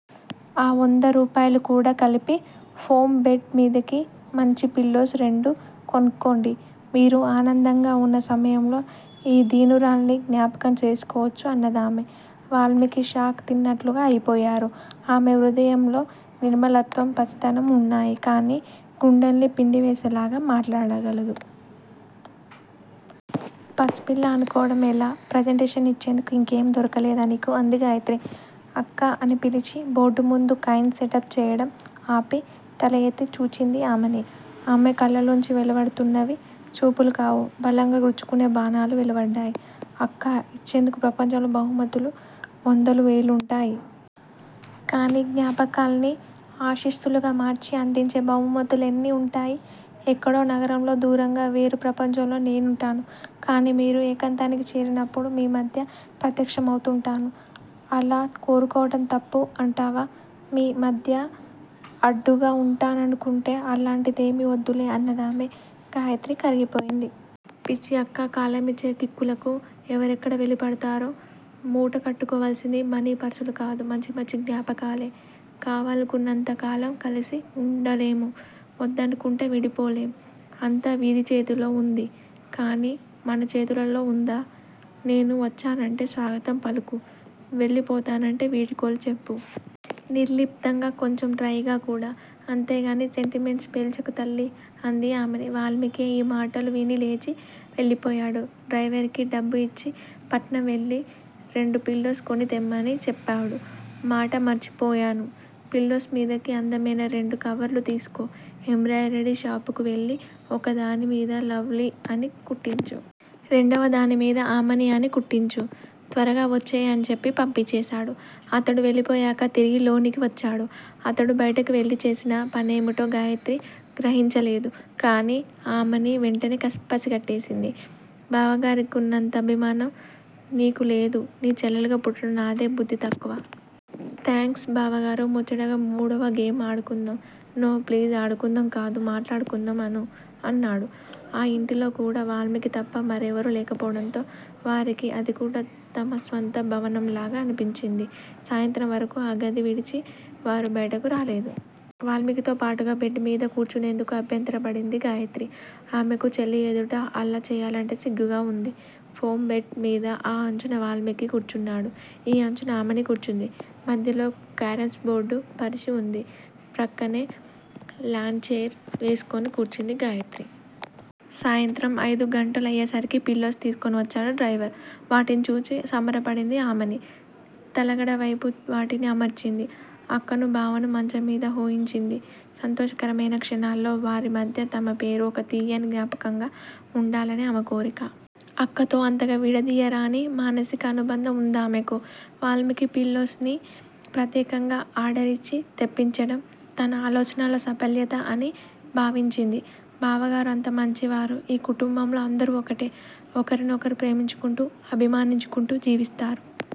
ఆ వంద రూపాయలు కూడ కలిపి ఫోం బెడ్ మీదికి మంచి పిల్లోస్ రెండు కొనుక్కోండి. మీరు ఆనందంగా ఉన్న సమయంలో ఈ దీనురాల్ని జ్ఞాపకం చేసుకోవచ్చు అన్నదామె. వాల్మీకి షాక్ తిన్నట్లుగా అయిపోయారు. ఆమె హృదయంలో నిర్మలత్వం పసితనం ఉన్నాయి. కాని గుండెల్ని పిండివేసేలాగ మాటాడగలదు. పసిపిల్ల అనుకోవటం ఎలా? ప్రజంటేషన్ యిచ్చేందుకు యింకేమీ దొరకలేదా నీకు? అంది గాయత్రి. అక్కా! అని పిలిచి బోర్డుముందు కాయిన్స్ సెటప్ చేయటం ఆపి తలఎత్తి చూచింది ఆమని. ఆమె కళ్ళలోంచి వెలువడుతున్నవి చూపులు కావు. బలంగా గ్రుచ్చుకునే బాణాలు వెలువడ్డాయి. అక్కా! ఇచ్చేందుకు ప్రపంచంలో బహుమతులు వందలు వేలుంటాయి. కాని జ్ఞాపకాన్ని ఆశీస్సులుగా మార్చి అందించే బహుమతులెన్ని ఉంటాయి. ఎక్కడో నగరంలో దూరంగా వేరు ప్రపంచంలో నేనుంటాను. కాని మీరు ఏకాంతానికి చేరినప్పుడు మీ మధ్య ప్రత్యక్షమవుతుంటాను. అలా కోరుకోవటం తప్పు అంటావా? మీ మధ్య అడ్డుగా ఉంటాననుకుంటే అలాంటిదేమీ వద్దులే అన్నదామె. గాయత్రి కరిగిపోయింది. పిచ్చి అక్కా! కాలం యిచ్చే కిక్కులకు ఎవరెక్కడ వెళ్ళిపడతారో మూట కట్టుకోవల్సింది మనీపర్సులు కాదు. మంచి మంచి జ్ఞాపకాలే! కావాలనుకున్నంత కాలం కలిసి ఉండలేము. వద్దనుకుంటే విడిపోలేం! అంతా విధి చేతిలో ఉంది కాని మన చేతులలో ఉందా? నేను వచ్చానంటే స్వాగతం పలుకు. వెళ్ళిపోతానంటే వీడ్కోలు చెప్పు. నిర్లిప్తంగా! కొంచెం డ్రైగా కూడా! అంతేకాని సెంటిమెంట్స్ ప్రేల్చకు తల్లీ! అంది ఆమని. వాల్మీకి ఈ మాటలు విని లేచి వెళ్ళిపోయాడు. డ్రయివర్ కి డబ్బు యిచ్చి పట్నం వెళ్ళి రెండు పిల్లోస్ కొని తెమ్మని చెప్పాడు. మాట మర్చిపోయాను! పిల్లోస్ మీదికి అందమయిన రెండు కవర్లు తీసుకో, ఎంబ్రాయిడరీ షాపుకు వెళ్ళి, ఒకదాని మీద లవ్లీ అని కుట్టించు. రెండవదాని మీద ఆమని అని కుట్టించు! త్వరగా వచ్చెయ్ అని చెప్పి పంపించేశాడు. అతడు వెళ్ళిపోయాక తిరిగి లోనికి వచ్చాడు. అతడు బయటకు వెళ్ళి చేసిన పనేమిటో గాయత్రి గ్రహించలేదు. కాని ఆమని వెంటనే పసికట్టేసింది. బావగారికున్నంత అభిమానం నీకు లేదు. నీ చెల్లెలుగా పుట్టడం నాదే బుద్ధి తక్కువ. థాంక్స్ బావగారు! ముచ్చటగా మూడవ గేమ్ ఆడుకుందాం. నో ప్లీజ్ ఆడుకుందాం కాదు. మాటాడుకుందాం అను అన్నాడు. ఆ ఇంటిలో కూడ వాల్మీకి తప్ప మరెవరూ లేకపోవటంతో వారికి అది కూడ తమ స్వంత భవనంలాగా అనిపించింది. సాయంత్రం వరకూ ఆ గది విడిచి వారు బయటకు రాలేదు. వాల్మీకితో పాటుగా బెడ్ మీద కూర్చునేందుకు అభ్యంతరపడింది గాయత్రి! ఆమెకు చెల్లి ఎదుట అలా చేయాలంటే సిగ్గుగా ఉంది. ఫోం బెడ్ మీద ఆ అంచున వాల్మీకి కూర్చున్నాడు. ఈ అంచున ఆమని కూర్చుంది, మధ్యలో కారమ్స్ బోర్డు పరచి ఉంది. ప్రక్కనే లాన్ చెయిర్ వేసుకుని కూర్చుంది గాయత్రి. సాయంత్రం అయిదు గంటలు అయ్యేసరికి పిల్లోస్ తీసుకుని వచ్చాడు డ్రయివర్. వాటిని చూచి సంబర పడింది ఆమని. తలగడ వైపు వాటిని అమర్చింది. అక్కను, బావను మంచం మీద ఊహించింది. సంతోషకరమయిన క్షణాల్లో వారి మధ్య తన పేరు ఒక తీయని జ్ఞాపకంగా వుండాలని ఆమె కోరిక. అక్కతో అంతగా విడదీయరాని మానసిక అనుబంధం వుందామెకు. వాల్మీకి పిల్లోస్ ని ప్రత్యేకంగా ఆర్డరిచ్చి తెప్పించటం తన ఆలోచనల సాఫల్యత అని భావించింది. బావగారు అంత మంచివారు. ఈ కుటుంబంలో అందరూ ఒకటే. ఒకరినొకరు ప్రేమించుకుంటూ అభిమానించుకుంటూ జీవిస్తారు.